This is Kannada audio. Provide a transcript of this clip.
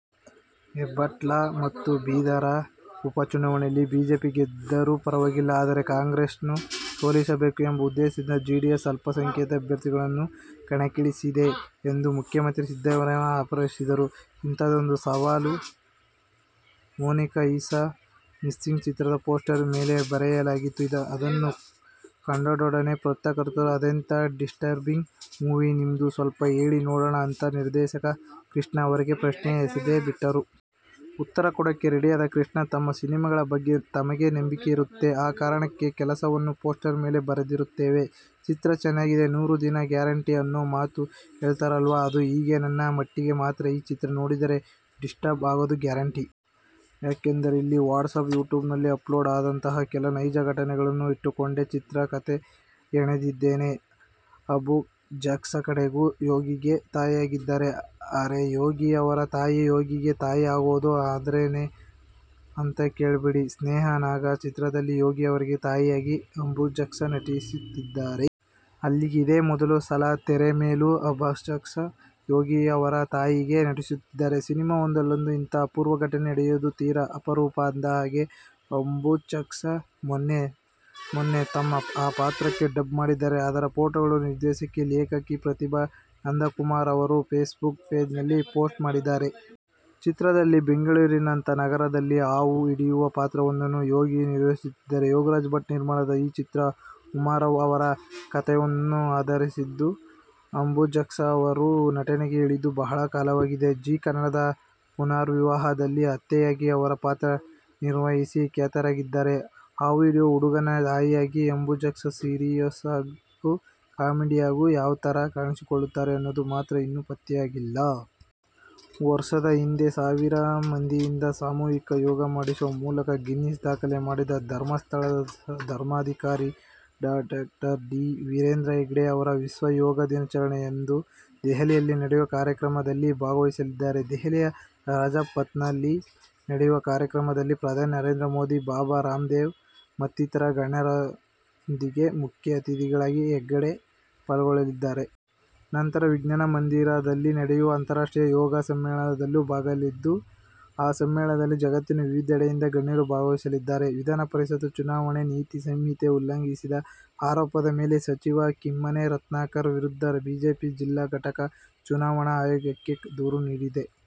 ಹೆಬ್ಟಾಳ ಮತ್ತು ಬೀದರ ಉಪ ಚುನಾವಣೆಯಲ್ಲಿ ಬಿಜೆಪಿ ಗೆದ್ದರೂ ಪರವಾಗಿಲ್ಲ. ಆದರೆ, ಕಾಂಗ್ರೆಸ್ನ್ನು ಸೋಲಿಸಬೇಕು ಎಂಬ ಉದ್ದೇಶದಿಂದ ಜೆಡಿಎಸ್ ಅಲ್ಪಸಂಖ್ಯಾತ ಅಭ್ಯರ್ಥಿಗಳನ್ನು ಕಣಕ್ಕಿಳಿಸಿದೆ ಎಂದು ಮುಖ್ಯಮಂತ್ರಿ ಸಿದ್ದರಾಮಯ್ಯ ಆರೋಪಿಸಿದರು. "ಇಂಥದ್ದೊಂದು ಸಾಲು "ಮೊನಿಕಾ ಈಸ್ ಮಿಸ್ಸಿಂಗ್' ಚಿತ್ರದ ಪೋಸ್ಟರ್ ಮೇಲೆ ಬರೆಯಲಾಗಿತ್ತು. ಅದನ್ನು ಕಂಡೊಡನೆ ಪತ್ರಕರ್ತರು, "ಅದೆಂಥಾ ಡಿಸ್ಟರ್ಬಿಂಗ್ ಮೂವೀ ನಿಮ್ದು, ಸ್ವಲ್ಪ ಹೇಳಿ ನೋಡೋಣ' ಅಂತ ನಿರ್ದೇಶಕ ಕೃಷ್ಣ ಅವರಿಗೆ ಪ್ರಶ್ನೆ ಎಸೆದೇಬಿಟ್ಟರು. ಉತ್ತರ ಕೊಡೋಕೆ ರೆಡಿಯಾದ ಕೃಷ್ಣ, "ತಮ್ಮ ಸಿನಿಮಾಗಳ ಬಗ್ಗೆ ತಮಗೆ ನಂಬಿಕೆ ಇರುತ್ತೆ. ಆ ಕಾರಣಕ್ಕೆ ಕೆಲವನ್ನು ಪೋಸ್ಟರ್ ಮೇಲೆ ಬರೆದಿರುತ್ತೇವೆ. ಚಿತ್ರ ಚೆನ್ನಾಗಿದೆ, ನೂರುದಿನ ಗ್ಯಾರಂಟಿ ಅನ್ನೋ ಮಾತು ಹೇಳ್ತಾರಲ್ವಾ. ಅದು ಹೀಗೆ, ನನ್ನ ಮಟ್ಟಿಗೆ ಮಾತ್ರ ಈ ಚಿತ್ರ ನೋಡಿದರೆ ಡಿಸ್ಟರ್ಬ್ ಆಗೋದು ಗ್ಯಾರಂಟಿ. ಯಾಕೆಂದರೆ, ಇಲ್ಲಿ ವಾಟ್ಸಾಪ್, ಯೂಟ್ಯೂಬ್ನಲ್ಲಿ ಅಪ್ಲೋಡ್ ಆದಂತಹ ಕೆಲ ನೈಜ ಘಟನೆಗಳನ್ನು ಇಟ್ಟುಕೊಂಡೇ ಚಿತ್ರದ ಕಥೆ ಹೆಣೆದಿದ್ದೇನೆ. ಅಂಬುಜಾಕ್ಷಿ ಕಡೆಗೂ "ಯೋಗಿ'ಗೆ ತಾಯಿಯಾಗಿದ್ದಾರೆ! ಅರೆ, ಯೋಗಿ ಅವರ ತಾಯಿಯೇ ಯೋಗಿಗೆ ತಾಯಿ ಆಗೋದು ಅಂದ್ರೇನು ಅಂತ ಕೇಳ್ಬೇಡಿ. "ಸ್ನೇಕ್ ನಾಗ' ಚಿತ್ರದಲ್ಲಿ ಯೋಗಿ ಅವರಿಗೆ ತಾಯಿಯಾಗಿ ಅಂಬುಜಾಕ್ಷಿ ನಟಿಸುತ್ತಿದ್ದಾರೆ. ಅಲ್ಲಿಗೆ ಇದೇ ಮೊದಲ ಸಲ ತೆರೆ ಮೇಲೂ ಅಂಬುಜಾಕ್ಷಿ ಯೋಗಿ ಅವರ ತಾಯಿಯಾಗಿ ನಟಿಸುತ್ತಿದ್ದಾರೆ. ಸಿನಿಮಾದಲ್ಲೊಂದು ಇಂಥ ಅಪೂರ್ವ ಘಟನೆ ನಡೆಯೋದು ತೀರ ಅಪರೂಪ. ಅಂದಹಾಗೆ, ಅಂಬುಜಾಕ್ಷಿ ಮೊನ್ನೆ ಮೊನ್ನೆ ತಮ್ಮ ಆ ಪಾತ್ರಕ್ಕೆ ಡಬ್ ಮಾಡಿದ್ದಾರೆ. ಅದರ ಫೋಟೋಗಳನ್ನು ನಿರ್ದೇಶಕಿ, ಲೇಖಕಿ ಪ್ರತಿಭಾ ನಂದಕುಮಾರ್ ಅವರು ಫೇಸ್ಬುಕ್ ಪೇಜ್ನಲ್ಲಿ ಪೋಸ್ಟ್ ಮಾಡಿದ್ದಾರೆ. ಚಿತ್ರದಲ್ಲಿ ಬೆಂಗಳೂರಿನಂಥ ನಗರದಲ್ಲಿ ಹಾವು ಹಿಡಿಯೋ ಪಾತ್ರವೊಂದನ್ನು ಯೋಗಿ ನಿರ್ವಹಿಸುತ್ತಿದ್ದಾರೆ. ಯೋಗರಾಜ್ ಭಟ್ ನಿರ್ಮಾಣದ ಈ ಚಿತ್ರ ಉಮಾರಾವ್ ಅವರ ಕತೆಯೊಂದನ್ನು ಆಧರಿಸಿದ್ದು. ಅಂಬುಜಾಕ್ಷಿ ಅವರು ನಟನೆಗೆ ಇಳಿದು ಬಹಳ ಕಾಲವಾಗಿದೆ. ಝಿ ಕನ್ನಡದ "ಪುನರ್ವಿವಾಹ'ದಲ್ಲಿ ಅತ್ತೆಯಾಗಿ ಅವರು ಪಾತ್ರ ನಿರ್ವಹಿಸಿ ಖ್ಯಾತರಾಗಿದ್ದಾರೆ. ಹಾವು ಹಿಡಿಯೋ ಹುಡುಗನ ತಾಯಿಯಾಗಿ ಅಂಬುಜಾಕ್ಷಿ ಸೀರಿಯಸ್ಸಾಗೋ, ಕಾಮಿಡಿಯಾಗೋ- ಯಾವ ಥರ ಕಾಣಿಸಿಕೊಳ್ತಾರೆ ಅನ್ನೋದು ಮಾತ್ರ ಇನ್ನೂ ಪತ್ತೆಯಾಗಿಲ್ಲ. ವರ್ಷದ ಹಿಂದೆ ಸಾವಿರ ಮಂದಿಯಿಂದ ಸಾಮೂಹಿಕ ಯೋಗ ಮಾಡಿಸುವ ಮೂಲಕ ಗಿನ್ನೆಸ್ ದಾಖಲೆ ಮಾಡಿದ್ದ ಧರ್ಮಸ್ಥಳದ ಧರ್ಮಾಧಿಕಾರಿ ಡಾ ಡಿ. ವೀರೇಂದ್ರ ಹೆಗ್ಗಡೆ ಅವರು ವಿಶ್ವ ಯೋಗ ದಿನಾಚರಣೆಯಂದು ದೆಹಲಿಯಲ್ಲಿ ನಡೆಯುವ ಕಾರ್ಯಕ್ರಮದಲ್ಲಿ ಭಾಗವಹಿಸಲಿದ್ದಾರೆ. ದೆಹಲಿಯ ರಾಜಪಥ್ನಲ್ಲಿ ನಡೆಯುವ ಕಾರ್ಯಕ್ರಮದಲ್ಲಿ ಪ್ರಧಾನಿ ನರೇಂದ್ರ ಮೋದಿ, ಬಾಬಾ ರಾಮ್ದೇವ್ ಮತ್ತಿತರ ಗಣ್ಯರೊಂದಿಗೆ ಮುಖ್ಯ ಅತಿಥಿಗಳಾಗಿ ಹೆಗ್ಗಡೆ ಪಾಲ್ಗೊಳ್ಳಲಿದ್ದಾರೆ. ನಂತರ ವಿಜ್ಞಾನ ಮಂದಿರದಲ್ಲಿ ನಡೆಯುವ ಅಂತಾರಾಷ್ಟ್ರೀಯ ಯೋಗ ಸಮ್ಮೇಳನದಲ್ಲೂ ಭಾಗಿಯಾಗಲಿದ್ದು, ಆ ಸಮ್ಮೇಳನದಲ್ಲಿ ಜಗತ್ತಿನ ವಿವಿಧೆಡೆಯಿಂದ ಗಣ್ಯರು ಭಾಗವಹಿಸಲಿದ್ದಾರೆ. ವಿಧಾನ ಪರಿಷತ್ ಚುನಾವಣೆ ನೀತಿ ಸಂಹಿತೆ ಉಲ್ಲಂಘಿಸಿದ ಆರೋಪದ ಮೇಲೆ ಸಚಿವ ಕಿಮ್ಮನೆ ರತ್ನಾಕರ್ ವಿರುದ್ಧ ಬಿಜೆಪಿ ಜಿಲ್ಲಾ ಘಟಕ ಚುನಾವಣಾ ಆಯೋಗಕ್ಕೆ ದೂರು ನೀಡಿದೆ.